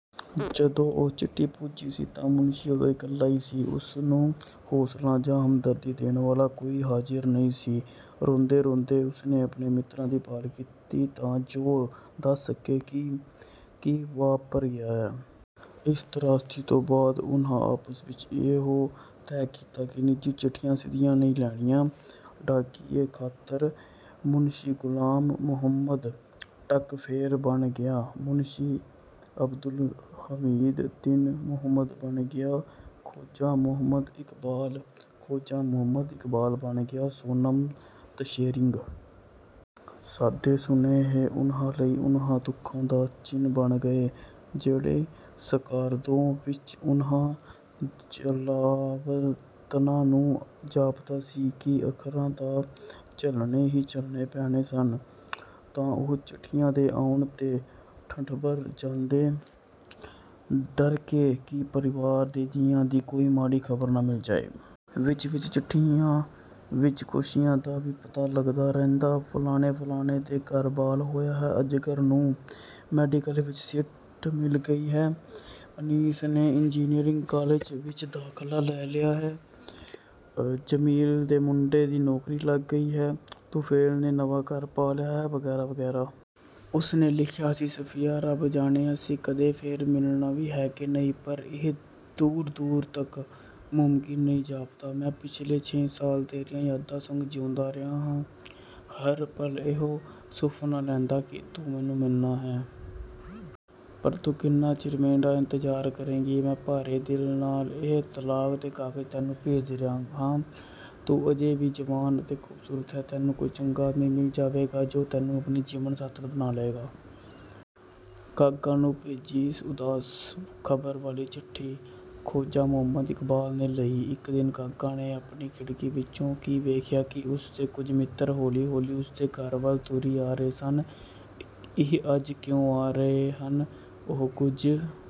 ਜਦੋਂ ਉਹ ਚਿੱਠੀ ਪੁੱਜੀ ਸੀ ਤਾਂ ਮੁਨਸ਼ੀ ਓਦੋਂ ਇਕੱਲਾ ਹੀ ਸੀ। ਉਸ ਨੂੰ ਹੌਸਲਾ ਜਾਂ ਹਮਦਰਦੀ ਦੇਣ ਵਾਲਾ ਕੋਈ ਹਾਜ਼ਿਰ ਨਹੀਂ ਸੀ। ਰੋਂਦੇ-ਰੋਂਦੇ ਉਸ ਨੇ ਆਪਣੇ ਮਿੱਤਰਾਂ ਦੀ ਭਾਲ ਕੀਤੀ ਤਾਂ ਜੋ ਦੱਸ ਸਕੇ ਕਿ ਕੀ ਵਾਪਰ ਗਿਆ ਹੈ। ਇਸ ਤ੍ਰਾਸਦੀ ਤੋਂ ਬਾਅਦ, ਉਨ੍ਹਾਂ ਆਪਸ ਵਿੱਚ ਇਹੋ ਤੈਅ ਕੀਤਾ ਕਿ ਨਿੱਜੀ ਚਿੱਠੀਆਂ ਸਿੱਧੀਆਂ ਨਹੀਂ ਲੈਣੀਆਂ। ਡਾਕੀਏ ਖਾਤਰ, ਮੁਨਸ਼ੀ ਗ਼ੁਲਾਮ ਮੋਹੰਮਦ ਟਕ ਫੇਰ ਬਣ ਗਿਆ ਮੁਨਸ਼ੀ ਅਬਦੁਲ ਹਮੀਦ, ਦੀਨ ਮੋਹੰਮਦ ਬਣ ਗਿਆ ਖੋਜਾ ਮੋਹੰਮਦ ਇਕਬਾਲ, ਖੋਜਾ ਮੋਹੰਮਦ ਇਕਬਾਲ ਬਣ ਗਿਆ ਸੋਨਮ ਤਸ਼ੇਰਿੰਗ। ਸਾਡੇ ਸੁਨੇਹੇ ਉਨ੍ਹਾਂ ਲਈ ਉਨ੍ਹਾਂ ਦੁੱਖਾਂ ਦਾ ਚਿੰਨ੍ਹ ਬਣ ਗਏ ਜਿਹੜੇ ਸਕਾਰਦੋ ਵਿੱਚ ਉਨ੍ਹਾਂ ਜਲਾਵਤਨਾਂ ਨੂੰ ਜਾਪਦਾ ਸੀ ਕਿ ਆਖ਼ਰ ਤਾਂ ਝੱਲਣੇ ਹੀ ਝੱਲਣੇ ਪੈਣੇ ਸਨ। ਤਾਂ ਉਹ ਚਿੱਠੀਆਂ ਦੇ ਆਉਣ 'ਤੇ ਠਠੰਬਰ ਜਾਂਦੇ, ਡਰਦੇ ਕਿ ਪਰਿਵਾਰ ਦੇ ਜੀਆਂ ਦੀ ਕੋਈ ਮਾੜੀ ਖ਼ਬਰ ਨਾ ਮਿਲ ਜਾਏ। ਵਿਚ-ਵਿਚ ਚਿੱਠੀਆਂ ਵਿੱਚ ਖੁਸ਼ੀਆਂ ਦਾ ਵੀ ਪਤਾ ਲੱਗਦਾ ਰਹਿੰਦਾ। ਫ਼ਲਾਣੇ-ਫ਼ਲਾਣੇ ਦੇ ਘਰ ਬਾਲ ਹੋਇਆ ਹੈ, ਅਜ਼ਗਰ ਨੂੰ ਮੈਡੀਕਲ ਵਿੱਚ ਸੀਟ ਮਿਲ ਗਈ ਹੈ, ਅਨੀਸ ਨੇ ਇੰਜਨੀਅਰਿੰਗ ਕਾਲਜ ਵਿੱਚ ਦਾਖ਼ਲਾ ਲੈ ਲਿਆ ਹੈ, ਜਮੀਲਾ ਦੇ ਮੁੰਡੇ ਦੀ ਨੌਕਰੀ ਲੱਗ ਗਈ ਹੈ, ਤੁਫ਼ੇਲ ਨੇ ਨਵਾਂ ਘਰ ਪਾ ਲਿਆ ਹੈ, ਵਗੈਰਾ-ਵਗੈਰਾ। ਉਸ ਨੇ ਲਿਖਿਆ ਸੀ, "ਸਫ਼ੀਆ, ਰੱਬ ਜਾਣੇ ਅਸੀਂ ਕਦੇ ਫੇਰ ਮਿਲਣਾ ਵੀ ਹੈ ਕਿ ਨਹੀਂ, ਪਰ ਇਹ ਦੂਰ-ਦੂਰ ਤੱਕ ਮੁਮਕਿਨ ਨਹੀਂ ਜਾਪਦਾ। ਮੈਂ ਪਿਛਲੇ ਛੇ ਸਾਲ ਤੇਰੀਆਂ ਯਾਦਾਂ ਸੰਗ ਜਿਊਂਦਾ ਰਿਹਾ ਹਾਂ, ਹਰ ਪਲ ਇਹੋ ਸੁਫ਼ਨਾ ਲੈਂਦਾ ਕਿ ਤੈਨੂੰ ਮਿਲਣਾ ਹੈ। ਪਰ ਤੂੰ ਕਿੰਨਾ ਚਿਰ ਮੇਰਾ ਇੰਤਜ਼ਾਰ ਕਰੇਂਗੀ? ਮੈਂ ਭਾਰੇ ਦਿਲ ਨਾਲ ਇਹ ਤਲਾਕ ਦੇ ਕਾਗ਼ਜ਼ ਤੈਨੂੰ ਭੇਜ ਰਿਹਾ ਹਾਂ। ਤੂੰ ਅਜੇ ਵੀ ਜਵਾਨ ਅਤੇ ਖ਼ੂਬਸੂਰਤ ਹੈਂ। ਤੈਨੂੰ ਕੋਈ ਚੰਗਾ ਆਦਮੀ ਮਿਲ ਜਾਏਗਾ ਜੋ ਤੈਨੂੰ ਆਪਣੀ ਜੀਵਨ ਸਾਥਣ ਬਣਾ ਲਏਗਾ।" ਕਾਗਾ ਨੂੰ ਭੇਜੀ ਇਸ ਉਦਾਸ ਖ਼ਬਰ ਵਾਲੀ ਚਿੱਠੀ ਖੋਜਾ ਮੋਹੰਮਦ ਇਕਬਾਲ ਨੇ ਲਈ। ਇੱਕ ਦਿਨ ਕਾਗਾ ਨੇ ਆਪਣੀ ਖਿੜਕੀ ਵਿੱਚੋਂ ਕੀ ਵੇਖਿਆ ਕਿ ਉਸਦੇ ਕੁਝ ਮਿੱਤਰ ਹੌਲੀ-ਹੌਲੀ ਉਸ ਦੇ ਘਰ ਵੱਲ ਤੁਰੀ ਆ ਰਹੇ ਸਨ। ਇਹ ਅੱਜ ਕਿਉਂ ਆ ਰਹੇ ਹਨ, ਉਹ ਕੁਝ...